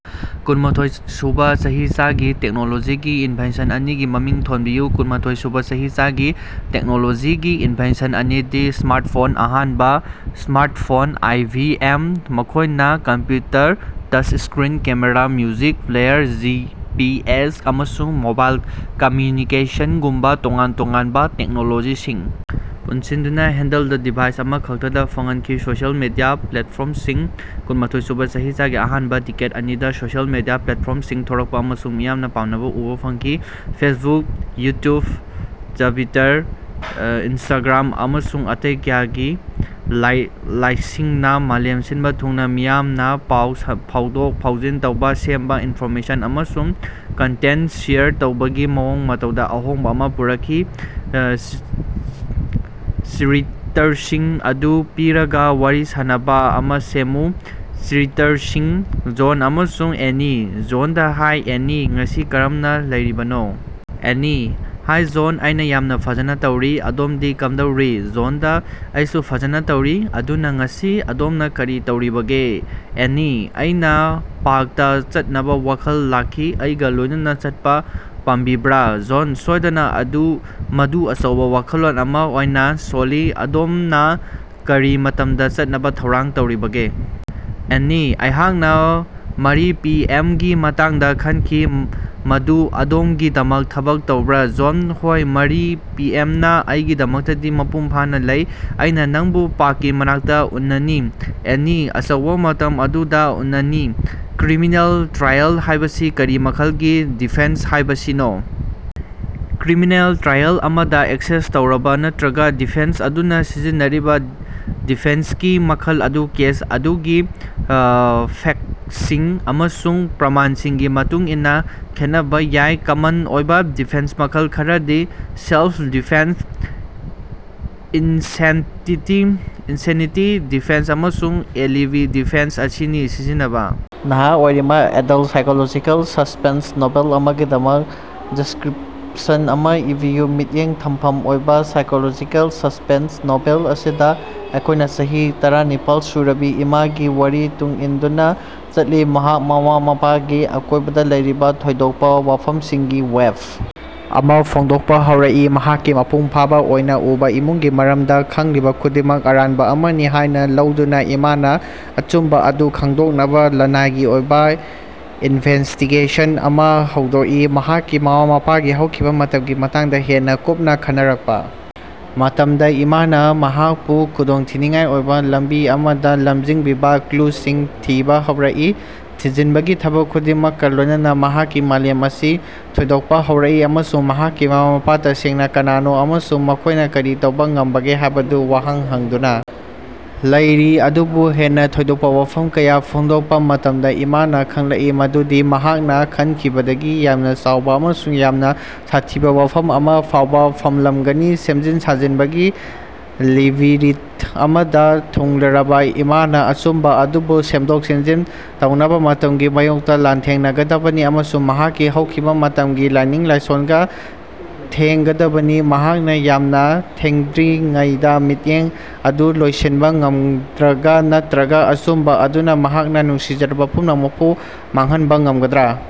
ꯀꯨꯟꯃꯊꯣꯏꯁꯨꯕ ꯆꯍꯤꯆꯥꯒꯤ ꯇꯦꯛꯅꯣꯂꯣꯖꯤꯒꯤ ꯏꯟꯚꯦꯟꯁꯟ ꯑꯅꯤꯒꯤ ꯃꯃꯤꯡ ꯊꯣꯟꯕꯤꯌꯨ꯫ ꯀꯨꯟꯃꯊꯣꯏꯁꯨꯕ ꯆꯍꯤꯆꯥꯒꯤ ꯇꯦꯛꯅꯣꯂꯣꯖꯤꯒꯤ ꯏꯟꯚꯦꯟꯁꯟ ꯑꯅꯤꯗꯤ: ꯁ꯭ꯃꯥꯔꯠꯐꯣꯟ: ꯑꯍꯥꯟꯕ ꯁ꯭ꯃꯥꯔꯠꯐꯣꯟ ꯑꯥꯏ. ꯕꯤ. ꯑꯦꯝ. ꯃꯈꯣꯏꯅ computer, touchscreen, camera, music player, G. P. S., ꯑꯃꯁꯨꯡ ꯃꯣꯕꯥꯏꯜ ꯀꯝꯝꯌꯨꯅꯤꯀꯦꯁꯟꯒꯨꯝꯕ ꯇꯣꯉꯥꯟ ꯇꯣꯉꯥꯟꯕ ꯇꯦꯛꯅꯣꯂꯣꯖꯤꯁꯤꯡ ꯄꯨꯟꯁꯤꯟꯗꯨꯅ ꯍꯦꯟꯙꯦꯜꯗ ꯗꯤꯚꯥꯏꯁ ꯑꯃꯈꯛꯇꯗ ꯐꯪꯍꯅꯈꯤ꯫ ꯁꯣꯁꯤꯌꯦꯜ ꯃꯤꯗꯤꯌꯥ ꯄ꯭ꯂꯦꯠꯐꯣꯔꯝꯁꯤꯡ: ꯀꯨꯟꯃꯊꯣꯏꯁꯨꯕ ꯆꯍꯤꯆꯥꯒꯤ ꯑꯍꯥꯟꯕ ꯗꯤꯀꯦꯗ ꯑꯅꯤꯗ ꯁꯣꯁꯤꯌꯦꯜ ꯃꯤꯗꯤꯌꯥ ꯄ꯭ꯂꯦꯠꯐꯣꯔꯝꯁꯤꯡ ꯊꯣꯔꯛꯄ ꯑꯃꯁꯨꯡ ꯃꯤꯌꯥꯝꯅ ꯄꯥꯝꯅꯕ ꯎꯕ ꯐꯪꯈꯤ꯫ ꯐꯦꯁꯕꯨꯛ, ꯌꯨꯠꯌꯨꯕ, ꯇ꯭ꯕꯤꯇꯔ, ꯏꯟꯁꯇꯥꯒ꯭ꯔꯥꯝ, ꯑꯃꯁꯨꯡ ꯑꯇꯩ ꯀꯌꯥꯒꯤ ꯂꯥꯏꯛꯁꯤꯡꯅ ꯃꯥꯂꯦꯝ ꯁꯤꯟꯕ ꯊꯨꯡꯅ ꯃꯤꯌꯥꯝꯅ ꯄꯥꯎ ꯐꯥꯎꯗꯣꯛ-ꯐꯥꯎꯖꯤꯟ ꯇꯧꯕ, ꯁꯦꯝꯕ, ꯏꯟꯐꯣꯔꯃꯦꯁꯟ ꯑꯃꯁꯨꯡ ꯀꯟꯇꯦꯟꯇ ꯁꯦꯌꯔ ꯇꯧꯕꯒꯤ ꯃꯑꯣꯡ-ꯃꯇꯧꯗ ꯑꯍꯣꯡꯕ ꯑꯃ ꯄꯨꯔꯛꯈꯤ꯫ ꯆꯔꯤꯇꯔꯁꯤꯡ ꯑꯗꯨ ꯄꯤꯔꯒꯥ, ꯋꯥꯔꯤ ꯁꯥꯟꯅꯕ ꯑꯃ ꯁꯦꯝꯃꯨ꯫ ꯆꯔꯤꯇꯔꯁꯤꯡ: ꯖꯣꯟ ꯑꯃꯁꯨꯡ ꯑꯦꯅꯤ꯫ ꯖꯣꯟꯗꯥ: ꯍꯥꯏ ꯑꯦꯟꯅꯤ, ꯉꯁꯤ ꯀꯔꯝꯅ ꯂꯩꯔꯤꯕꯅꯣ? ꯑꯦꯟꯅꯤ: ꯍꯥꯏ ꯖꯣꯟ, ꯑꯩꯅ ꯌꯥꯝꯅ ꯐꯖꯅ ꯇꯧꯔꯤ꯫ ꯑꯗꯣꯝꯗꯤ ꯀꯝꯗꯧꯔꯤ? ꯖꯣꯟꯗꯥ: ꯑꯩꯁꯨ ꯐꯖꯅ ꯇꯧꯔꯤ꯫ ꯑꯗꯨꯅ, ꯉꯁꯤ ꯑꯗꯣꯝꯅ ꯀꯔꯤ ꯇꯧꯔꯤꯕꯒꯦ? ꯑꯦꯟꯅꯤ: ꯑꯩꯅ ꯄꯥꯔꯛꯇ ꯆꯠꯅꯕ ꯋꯥꯈꯜ ꯂꯥꯛꯈꯤ꯫ ꯑꯩꯒ ꯂꯣꯏꯅꯅ ꯆꯠꯄ ꯄꯥꯝꯕꯤꯕ꯭ꯔꯥ? ꯖꯣꯟ: ꯁꯣꯏꯗꯅ, ꯃꯗꯨ ꯑꯆꯧꯕꯥ ꯋꯥꯈꯜꯂꯣꯟ ꯑꯃ ꯑꯣꯏꯅ ꯁꯣꯜꯂꯤ꯫ ꯑꯗꯣꯝꯅ ꯀꯔꯤ ꯃꯇꯝꯗ ꯆꯠꯅꯕ ꯊꯧꯔꯥꯡ ꯇꯧꯔꯤꯕꯒꯦ? ꯑꯦꯟꯅꯤ: ꯑꯩꯍꯥꯛꯅꯥ ꯃꯔꯤ ꯄꯤ. ꯑꯦꯝ. ꯒꯤ ꯃꯇꯥꯡꯗ ꯈꯟꯈꯤ꯫ ꯃꯗꯨ ꯑꯗꯣꯃꯒꯤꯗꯃꯛ ꯊꯕꯛ ꯇꯧꯕꯔꯥ? ꯖꯣꯟ: ꯍꯣꯌ, ꯃꯔꯤ ꯄꯤ. ꯑꯦꯝ. ꯅ ꯑꯩꯒꯤꯗꯃꯛꯇꯗꯤ ꯃꯄꯨꯡ ꯐꯥꯅ ꯂꯩ꯫ ꯑꯩꯅ ꯅꯪꯕꯨ ꯄꯥꯔꯛꯀꯤ ꯃꯅꯥꯛꯇ ꯎꯅꯅꯤ꯫ ꯑꯦꯟꯅꯤ: ꯑꯆꯧꯕꯥ, ꯃꯇꯝ ꯑꯗꯨꯗ ꯎꯅꯅꯤ! ꯀ꯭ꯔꯤꯃꯤꯅꯦꯜ ꯇ꯭ꯔꯥꯏꯑꯦꯜ ꯍꯥꯏꯕꯁꯤ ꯀꯔꯤ ꯃꯈꯜꯒꯤ ꯗꯤꯐꯦꯟꯁ ꯍꯥꯏꯕꯁꯤꯅꯣ? ꯀ꯭ꯔꯤꯃꯤꯅꯦꯜ ꯇ꯭ꯔꯥꯏꯑꯦꯜ ꯑꯃꯗ, ꯑꯦꯛꯁꯦꯁ ꯇꯧꯔꯕ ꯅꯠꯇ꯭ꯔꯒ ꯗꯤꯐꯦꯟꯁ ꯑꯗꯨꯅ ꯁꯤꯖꯤꯟꯅꯔꯤꯕ ꯗꯤꯐꯦꯟꯁꯀꯤ ꯃꯈꯜ ꯑꯗꯨ ꯀꯦꯁ ꯑꯗꯨꯒꯤ ꯐꯦꯛꯇꯁꯤꯡ ꯑꯃꯁꯨꯡ ꯄ꯭ꯔꯃꯥꯟꯁꯤꯡꯒꯤ ꯃꯇꯨꯡꯏꯟꯅ ꯈꯦꯠꯅꯕ ꯌꯥꯏ꯫ ꯀꯃꯟ ꯑꯣꯏꯕ ꯗꯤꯐꯦꯟꯁ ꯃꯈꯜ ꯈꯔꯗꯤ ꯁꯦꯜꯐ-ꯗꯤꯐꯦꯟꯁ, ꯏꯟꯁꯦꯟꯅꯤꯇꯤ ꯗꯤꯐꯦꯟꯁ ꯑꯃꯁꯨꯡ ꯑꯦꯂꯤꯕꯤ ꯗꯤꯐꯦꯟꯁ ꯑꯁꯤꯅꯤ꯫ ꯁꯤꯖꯤꯟꯅꯕ ꯅꯍꯥ ꯑꯣꯏꯔꯤꯕ ꯑꯦꯗꯜꯇ ꯁꯥꯏꯀꯣꯂꯣꯖꯤꯀꯦꯜ ꯁꯁ꯭ꯄꯦꯟꯁ ꯅꯣꯚꯦꯜ ꯑꯃꯒꯤꯗꯃꯛ ꯗꯤꯁ꯭ꯀꯔꯤꯄꯁꯟ ꯑꯃ ꯏꯕꯤꯌꯨ꯫ ꯃꯤꯠꯌꯦꯡ ꯊꯝꯐꯝ ꯑꯣꯏꯕ ꯁꯥꯏꯀꯣꯂꯣꯖꯤꯀꯦꯜ ꯁꯁ꯭ꯄꯦꯟꯁ ꯅꯣꯚꯦꯜ ꯑꯁꯤꯗ ꯑꯩꯈꯣꯏꯅ ꯆꯍꯤ ꯇꯔꯥꯅꯤꯄꯥꯜ ꯁꯨꯔꯕꯤ ꯏꯃꯥꯒꯤ ꯋꯥꯔꯤ ꯇꯨꯡ ꯏꯟꯗꯨꯅ ꯆꯠꯂꯤ, ꯃꯍꯥꯛ ꯃꯃꯥ-ꯃꯄꯥꯒꯤ ꯑꯀꯣꯏꯕꯗ ꯂꯩꯔꯤꯕ ꯊꯣꯏꯗꯣꯛꯄ ꯋꯥꯐꯝꯁꯤꯡꯒꯤ ꯋꯦꯕ ꯑꯃ ꯐꯣꯡꯗꯣꯛꯄ ꯍꯧꯔꯛꯏ꯫ ꯃꯍꯥꯛꯀꯤ ꯃꯄꯨꯡ ꯐꯥꯕ ꯑꯣꯏꯅꯥ ꯎꯕ ꯏꯃꯨꯡꯒꯤ ꯃꯔꯝꯗ ꯈꯪꯂꯤꯕ ꯈꯨꯗꯤꯡꯃꯛ ꯑꯔꯥꯟꯕ ꯑꯃꯅꯤ ꯍꯥꯏꯅ ꯂꯧꯗꯨꯅ ꯏꯃꯥꯅ ꯑꯆꯨꯝꯕ ꯑꯗꯨ ꯈꯪꯗꯣꯛꯅꯕ ꯂꯅꯥꯏꯒꯤ ꯑꯣꯏꯕ ꯏꯟꯚꯦꯁ꯭ꯇꯤꯒꯦꯁꯟ ꯑꯃ ꯍꯧꯗꯣꯛꯏ꯫ ꯃꯍꯥꯛꯀꯤ ꯃꯃꯥ-ꯃꯄꯥꯒꯤ ꯍꯧꯈꯤꯕꯥ ꯃꯇꯝꯒꯤ ꯃꯇꯥꯡꯗ ꯍꯦꯟꯅ ꯀꯨꯞꯅ ꯈꯟꯅꯔꯛꯄ ꯃꯇꯝꯗ, ꯏꯃꯥꯅ ꯃꯍꯥꯛꯄꯨ ꯈꯨꯗꯣꯡꯊꯤꯅꯤꯡꯉꯥꯏ ꯑꯣꯏꯕ ꯂꯝꯕꯤ ꯑꯃꯗ ꯂꯝꯖꯤꯡꯕꯤꯕ ꯀ꯭ꯂꯨꯁꯤꯡ ꯊꯤꯕ ꯍꯧꯔꯛꯏ꯫ ꯊꯤꯖꯤꯟꯕꯒꯤ ꯊꯕꯛ ꯈꯨꯗꯤꯡꯃꯛꯀꯥ ꯂꯣꯏꯅꯅ ꯃꯍꯥꯛꯀꯤ ꯃꯥꯂꯦꯝ ꯑꯁꯤ ꯊꯣꯏꯗꯣꯛꯄ ꯍꯧꯔꯛꯏ, ꯑꯃꯁꯨꯡ ꯃꯍꯥꯛꯀꯤ ꯃꯃꯥ-ꯃꯄꯥ ꯇꯁꯦꯡꯅ ꯀꯅꯥꯅꯣ ꯑꯃꯁꯨꯡ ꯃꯈꯣꯏꯅ ꯀꯔꯤ ꯇꯧꯕ ꯉꯝꯕꯒꯦ ꯍꯥꯏꯕꯗꯨ ꯋꯥꯍꯪ ꯍꯪꯗꯨꯅ ꯂꯩꯔꯤ꯫ ꯑꯗꯨꯕꯨ ꯍꯦꯟꯅ ꯊꯣꯏꯗꯣꯛꯄ ꯋꯥꯐꯝ ꯀꯌꯥ ꯐꯣꯡꯗꯣꯛꯄ ꯃꯇꯝꯗ, ꯏꯃꯥꯅ ꯈꯪꯂꯛꯏ ꯃꯗꯨꯗꯤ ꯃꯍꯥꯛꯅ ꯈꯟꯈꯤꯕꯗꯒꯤ ꯌꯥꯝꯅ ꯆꯥꯎꯕ ꯑꯃꯁꯨꯡ ꯌꯥꯝꯅ ꯁꯥꯊꯤꯕ ꯋꯥꯐꯝ ꯑꯃ ꯎꯕ ꯐꯪꯂꯝꯒꯅꯤ꯫ ꯁꯦꯝꯖꯤꯟ ꯁꯥꯖꯤꯟꯕꯒꯤ ꯂꯦꯕꯤꯔꯤꯟꯊ ꯑꯃꯗ ꯊꯨꯡꯂꯔꯕ ꯏꯃꯥꯅ ꯑꯆꯨꯝꯕ ꯑꯗꯨꯕꯨ ꯁꯦꯝꯗꯣꯛ-ꯁꯦꯝꯖꯤꯟ ꯇꯧꯅꯕ ꯃꯇꯝꯒꯤ ꯃꯥꯌꯣꯛꯇ ꯂꯥꯟꯊꯦꯡꯉꯗꯕꯅꯤ, ꯑꯃꯁꯨꯡ ꯃꯍꯥꯛꯀꯤ ꯍꯧꯈꯤꯕ ꯃꯇꯝꯒꯤ ꯂꯥꯏꯅꯤꯡ-ꯂꯥꯏꯁꯣꯟꯒꯥ ꯊꯦꯡꯉꯗꯕꯅꯤ꯫ ꯃꯍꯥꯛꯅꯥ ꯌꯥꯝꯅꯥ ꯊꯦꯡꯊꯗ꯭ꯔꯤꯉꯩꯗꯥ ꯃꯤꯠꯌꯦꯡ ꯑꯗꯨ ꯂꯣꯏꯁꯤꯟꯕ ꯉꯝꯒꯗ꯭ꯔꯥ ꯅꯠꯇ꯭ꯔꯒꯥ ꯑꯆꯨꯝꯕ ꯑꯗꯨꯅ ꯃꯍꯥꯛꯅ ꯅꯨꯡꯁꯤꯖꯔꯕ ꯄꯨꯝꯅꯃꯛꯄꯨ ꯃꯥꯡꯍꯟꯕ ꯉꯝꯒꯗ꯭ꯔꯥ?